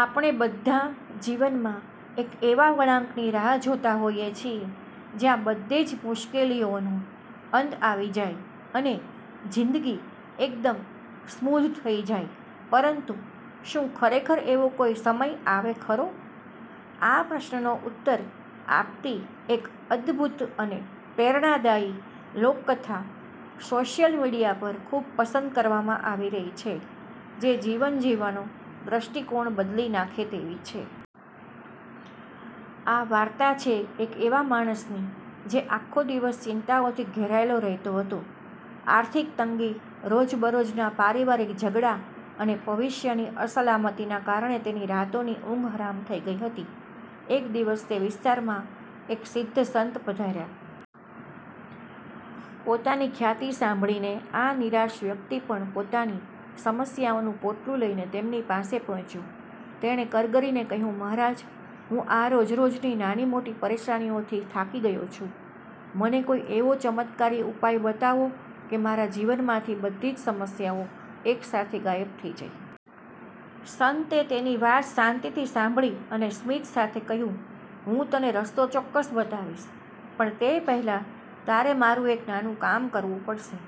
આપણે બધા જીવનમાં એક એવા વળાંકની રાહ જોતા હોઈએ છીએ જ્યાં બધી જ મુશ્કેલીઓનો અંત આવી જાય અને જિંદગી એકદમ સ્મૂધ થઈ જાય. પરંતુ શું ખરેખર એવો કોઈ સમય આવે ખરો? આ પ્રશ્નનો ઉત્તર આપતી એક અદભુત અને પ્રેરણાદાયી લોકકથા સોશિયલ મીડિયા પર ખૂબ પસંદ કરવામાં આવી રહી છે, જે જીવન જીવવાનો દૃષ્ટિકોણ બદલી નાખે તેવી છે. આ વાર્તા છે એક એવા માણસની જે આખો દિવસ ચિંતાઓથી ઘેરાયેલો રહેતો હતો. આર્થિક તંગી, રોજબરોજના પારિવારિક ઝઘડા અને ભવિષ્યની અસલામતીના કારણે તેની રાતોની ઊંઘ હરામ થઈ ગઈ હતી. એક દિવસ તે વિસ્તારમાં એક સિદ્ધ સંત પધાર્યા. તેમની ખ્યાતિ સાંભળીને આ નિરાશ વ્યક્તિ પણ પોતાની સમસ્યાઓનું પોટલું લઈને તેમની પાસે પહોંચ્યો. તેણે કરગરીને કહ્યું, "મહારાજ, હું આ રોજ-રોજની નાની-મોટી પરેશાનીઓથી થાકી ગયો છું. મને કોઈ એવો ચમત્કારી ઉપાય બતાવો કે મારા જીવનમાંથી બધી જ સમસ્યાઓ એકસાથે ગાયબ થઈ જાય!" સંતે તેની વાત શાંતિથી સાંભળી અને સ્મિત સાથે કહ્યું, "હું તને રસ્તો ચોક્કસ બતાવીશ, પણ તે પહેલાં તારે મારું એક નાનું કામ કરવું પડશે.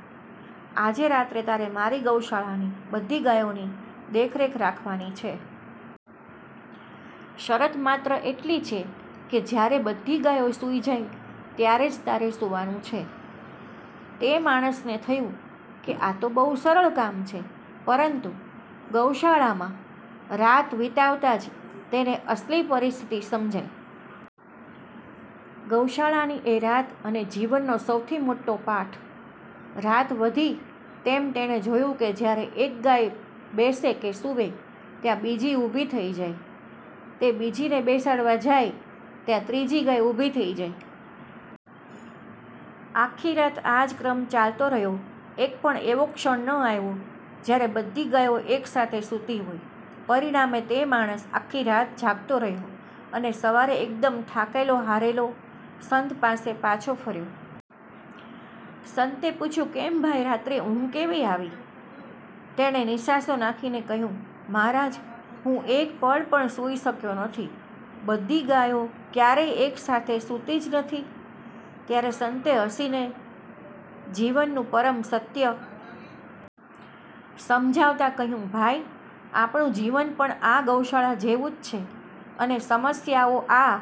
આજે રાત્રે તારે મારી ગૌશાળાની બધી ગાયોની દેખરેખ રાખવાની છે. શરત માત્ર એટલી છે કે જ્યારે બધી ગાયો સૂઈ જાય, ત્યારે જ તારે સૂવાનું છે." તે માણસને થયું કે આ તો બહુ સરળ કામ છે. પરંતુ ગૌશાળામાં રાત વિતાવતા જ તેને અસલી પરિસ્થિતિ સમજાઈ. ગૌશાળાની એ રાત અને જીવનનો સૌથી મોટો પાઠ. રાત વધી તેમ તેણે જોયું કે જ્યારે એક ગાય બેસે કે સૂવે, ત્યાં બીજી ઊભી થઈ જાય. તે બીજીને બેસાડવા જાય ત્યાં ત્રીજી ગાય ઊભી થઈ જાય. આખી રાત આ જ ક્રમ ચાલતો રહ્યો. એક પણ એવો ક્ષણ ન આવ્યો જ્યારે બધી ગાયો એકસાથે સૂતી હોય. પરિણામે, તે માણસ આખી રાત જાગતો રહ્યો અને સવારે એકદમ થાકેલો-હારેલો સંત પાસે પાછો ફર્યો. સંતે પૂછ્યું, "કેમ ભાઈ, રાત્રે ઊંઘ કેવી આવી?" તેણે નિસાસો નાખીને કહ્યું, "મહારાજ, હું એક પળ પણ સૂઈ શક્યો નથી. બધી ગાયો ક્યારેય એકસાથે સૂતી જ નથી!" ત્યારે સંતે હસીને જીવનનું પરમ સત્ય સમજાવતા કહ્યું, "ભાઈ, આપણું જીવન પણ આ ગૌશાળા જેવું જ છે અને સમસ્યાઓ આ